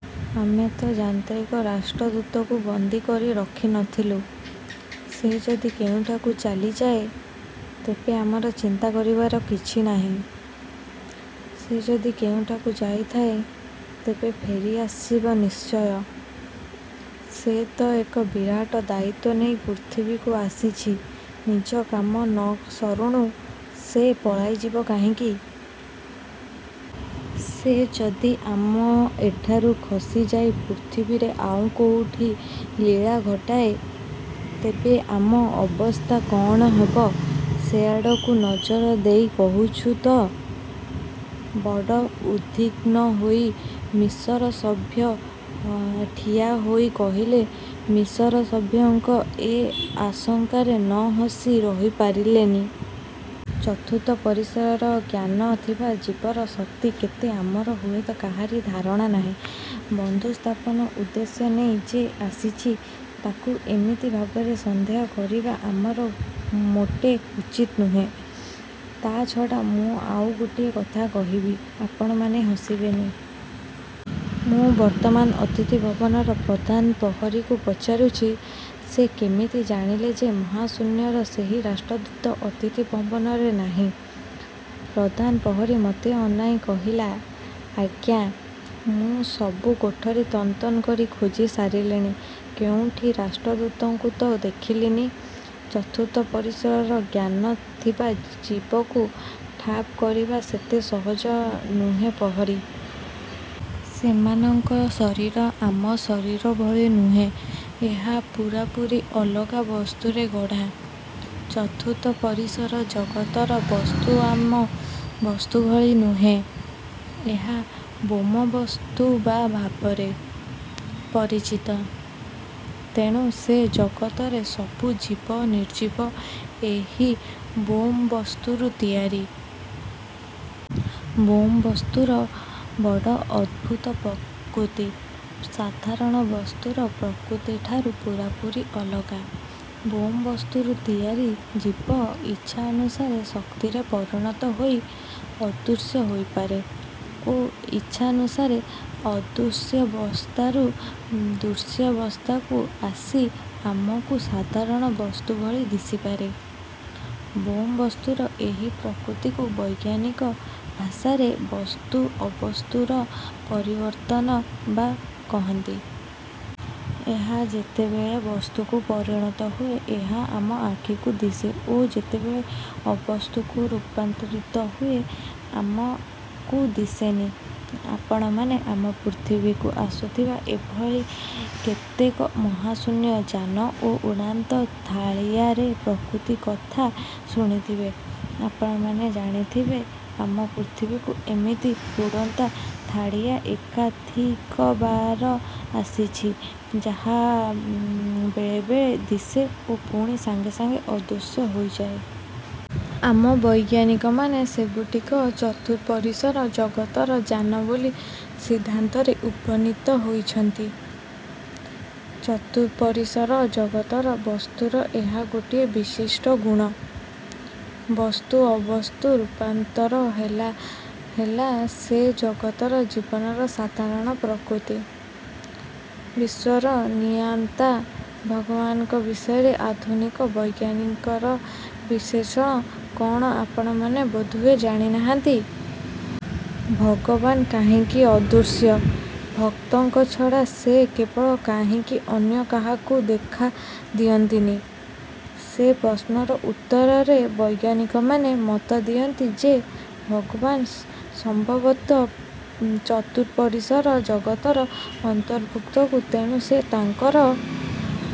ଆମେ ତ ଯାନ୍ତ୍ରିକ ରାଷ୍ଟ୍ରଦୂତକୁ ବନ୍ଦୀକରି ରଖି ନ ଥିଲୁ, ସେ ଯଦି କେଉଁଠାକୁ ଚାଲିଯାଏ, ତେବେ ଆମର ଚିନ୍ତା କରିବାର କିଛି ନାହିଁ। ସେ ଯଦି କେଉଁଠାକୁ ଯାଇଥାଏ, ତେବେ ଫେରିଆସିବ ନିଶ୍ଚୟ। ସେ ତ ଏକ ବିରାଟ ଦାୟିତ୍ୱ ନେଇ ପୃଥିବୀକୁ ଆସିଛି ନିଜ କାମ ନ ସରୁଣୁ ସେ ପଳାଇଯିବ କାହିଁକି? ସେ ଯଦି ଆମ ଏଠାରୁ ଖସିଯାଇ ପୃଥିବୀରେ ଆଉ କୋଉଠି ଲୀଳା ଘଟାଏ, ତେବେ ଆମ ଅବସ୍ଥା କଅଣ ହେବ ସେଆଡ଼କୁ ନଜର ଦେଇ କହୁଛୁ ତ? ବଡ଼ ଉଦ୍ବିଘ୍ନ ହୋଇ ମିଶର ସଭ୍ୟ ଠିଆହୋଇ କହିଲେ ମିଶର ସଭ୍ୟଙ୍କ ଏ ଆଶଙ୍କାରେ ନ ହସି ରହିପାରିଲେନି। ଚତୁର୍ଥ ପରିସର ଜ୍ଞାନ ଥିବା ଜୀବର ଶକ୍ତି କେତେ ଆମର ହୁଏ ତ କାହାରି ଧାରଣା ନାହିଁ, ବନ୍ଧୁସ୍ଥାପନ ଉଦ୍ଦେଶ୍ୟ ନେଇ ଯେ ଆସିଛି, ତାକୁ ଏମିତି ଭାବରେ ସନ୍ଦେହ କରିବା ଆମର ମୋଟେ ଉଚିତ୍ ନୁହେଁ। ତା ଛଡ଼ା ମୁଁ ଆଉ ଗୋଟିଏ କଥା କହିବି, ଆପଣମାନେ ହସିବେନି। ମୁଁ ବର୍ତ୍ତମାନ ଅତିଥିଭବନର ପ୍ରଧାନ ପ୍ରହରୀକୁ ପଚାରୁଛି, ସେ କେମିତି ଜାଣିଲେ ଯେ ମହାଶୂନ୍ୟର ସେହି ରାଷ୍ଟ୍ରଦୂତ ଅତିଥିଭବନରେ ନାହିଁ। ପଧାନ ପହରୀ ମୋତେ ଅନାଇ କହିଲା ଆଜ୍ଞା, ମୁଁ ସବୁ କୋଠରୀ ତନ୍ନତନ୍ନ କରି ଖୋଜି ସାରିଲେଣି କେଉଁଠି ରାଷ୍ଟ୍ରଦୂତଙ୍କୁ ତ ଦେଖିଲିନି। ଚତୁର୍ଥ ପରିସରର ଜ୍ଞାନ ଥିବା ଜୀବକୁ ଠାବ କରିବା ସେତେ ସହଜ ନୁହେ ପହରୀ। ସେମାନଙ୍କ ଶରୀର ଆମ ଶରୀର ଭଳି ନୁହେଁ ଏହା ପୂରାପୂରି ଅଲଗା ବସ୍ତୁରେ ଗଢ଼ା। ଚତୁର୍ଥ ପରିସର ଜଗତର ବସ୍ତୁ ଆମ ବସ୍ତୁଭଳି ନୁହେଁ। ଏହା ବୋମବସ୍ତୁ ବା ଭାବରେ। ପରିଚିତ ତେଣୁ ସେ ଜଗତରେ ସବୁ ଜୀବ, ନିର୍ଜୀବ, ଏହି ବୋମ ବସ୍ତୁରୁ ତିଆରି। ବୋମବସ୍ତୁର ବଡ଼ ଅଦ୍ଭୁତ ପ୍ରକୃତି ସାଧାରଣ ବସ୍ତୁର ପ୍ରକୃତି ଠାରୁ ପୂରାପୂରି ଅଲଗା। ବୋମବସ୍ତୁରୁ ତିଆରି ଜୀବ ଇଚ୍ଛାନୁସାରେ ଶକ୍ତିରେ ପରିଣତ ହୋଇ ଅଦୃଶ୍ୟ ହୋଇପାରେ ଓ ଇଛାନୁସାରେ ଅଦୃଶ୍ୟବସ୍ଥାରୁ ଦୃଶ୍ୟାବସ୍ଥାକୁ ଆସି ଆମକୁ ସାଧାରଣ ବସ୍ତୁଭଳି ଦିଶିପାରେ। ବୋମବସ୍ତୁର ଏହି ପ୍ରକୃତିକୁ ବୈଜ୍ଞାନିକ ଭାଷାରେ ବସ୍ତୁ ଅବସ୍ତୁର ପରିବର୍ତ୍ତନ ବା କହନ୍ତି। ଏହା ଯେତେବେଳେ ବସ୍ତୁକୁ ପରିଣତ ହୁଏ ଏହା ଆମ ଆଖିକୁ ଦିଶେ ଓ ଯେତେବେଳେ ଅବସ୍ତୁକୁ ରୂପାନ୍ତରିତ ହୁଏ, ଆମକୁ ଦିଶେନି । ଆପଣମାନେ ଆମ ପୃଥିବୀକୁ ଆସୁଥିବା ଏହିଭଳି କେତେକ ମହାଶୂନ୍ୟ ଯାନ ଓ ଉଡ଼ାନ୍ତ ଥାଳିଆର ପ୍ରକୃତି କଥା ଶୁଣିଥିବେ। ଆପଣମାନେ ଜାଣିଥିବେ, ଆମ ପୃଥିବୀକୁ ଏମିତି ଉଡ଼ନ୍ତା ଥାଳିଆ ଏକାଧିକବାର ଆସିଛି, ଯାହା ବେଳେ ବେଳେ ଦିଶେ ଓ ପୁଣି ସାଙ୍ଗେ ସାଙ୍ଗେ ଅଦୃଶ୍ୟ ହୋଇଯାଏ। ଆମ ବୈଜ୍ଞାନିକମାନେ ସେଗୁଡ଼ିକ ଚତୁଃପରିସର ଜଗତର ଯାନ ବୋଲି ସିଦ୍ଧାନ୍ତରେ ଉପନୀତ ହୋଇଛନ୍ତି। ଚତୁଃପରିସର ଜଗତର ବସ୍ତୁର ଏହା ଗୋଟିଏ ବିଶିଷ୍ଟ ଗୁଣ। ବସ୍ତୁ ଅବସ୍ତୁ ରୂପାନ୍ତର ହେଲା ହେଲା ସେ ଜଗତର ଜୀବନର ସାଧାରଣ ପ୍ରକୃତି। ବିଶ୍ୱର ନିୟନ୍ତା ଭଗବାନଙ୍କ ବିଷୟରେ ଆଧୁନିକ ବୈଜ୍ଞାନିକର ବିଶେଷ କଣ ଆପଣମାନେ ବୋଧହୁଏ ଜାଣିନାହାନ୍ତି। ଭଗବାନ କାହିଁକି ଅଦୃଶ୍ୟ, ଭକ୍ତଙ୍କ ଛଡ଼ା ସେ କେବଳ କାହିଁକି ଅନ୍ୟ କାହାକୁ ଦେଖା ଦିଅନ୍ତିନି ସେ ପ୍ରଶ୍ନର ଉତ୍ତରରେ ବୈଜ୍ଞାନିକମାନେ ମତ ଦିଅନ୍ତି ଯେ ଭଗବାନ ସମ୍ଭବତଃ ଉଁ ଚତୁଃପରିସର ଜଗତର ଅନ୍ତର୍ଭୁକ୍ତ ତେଣୁ ସେ ତାଙ୍କର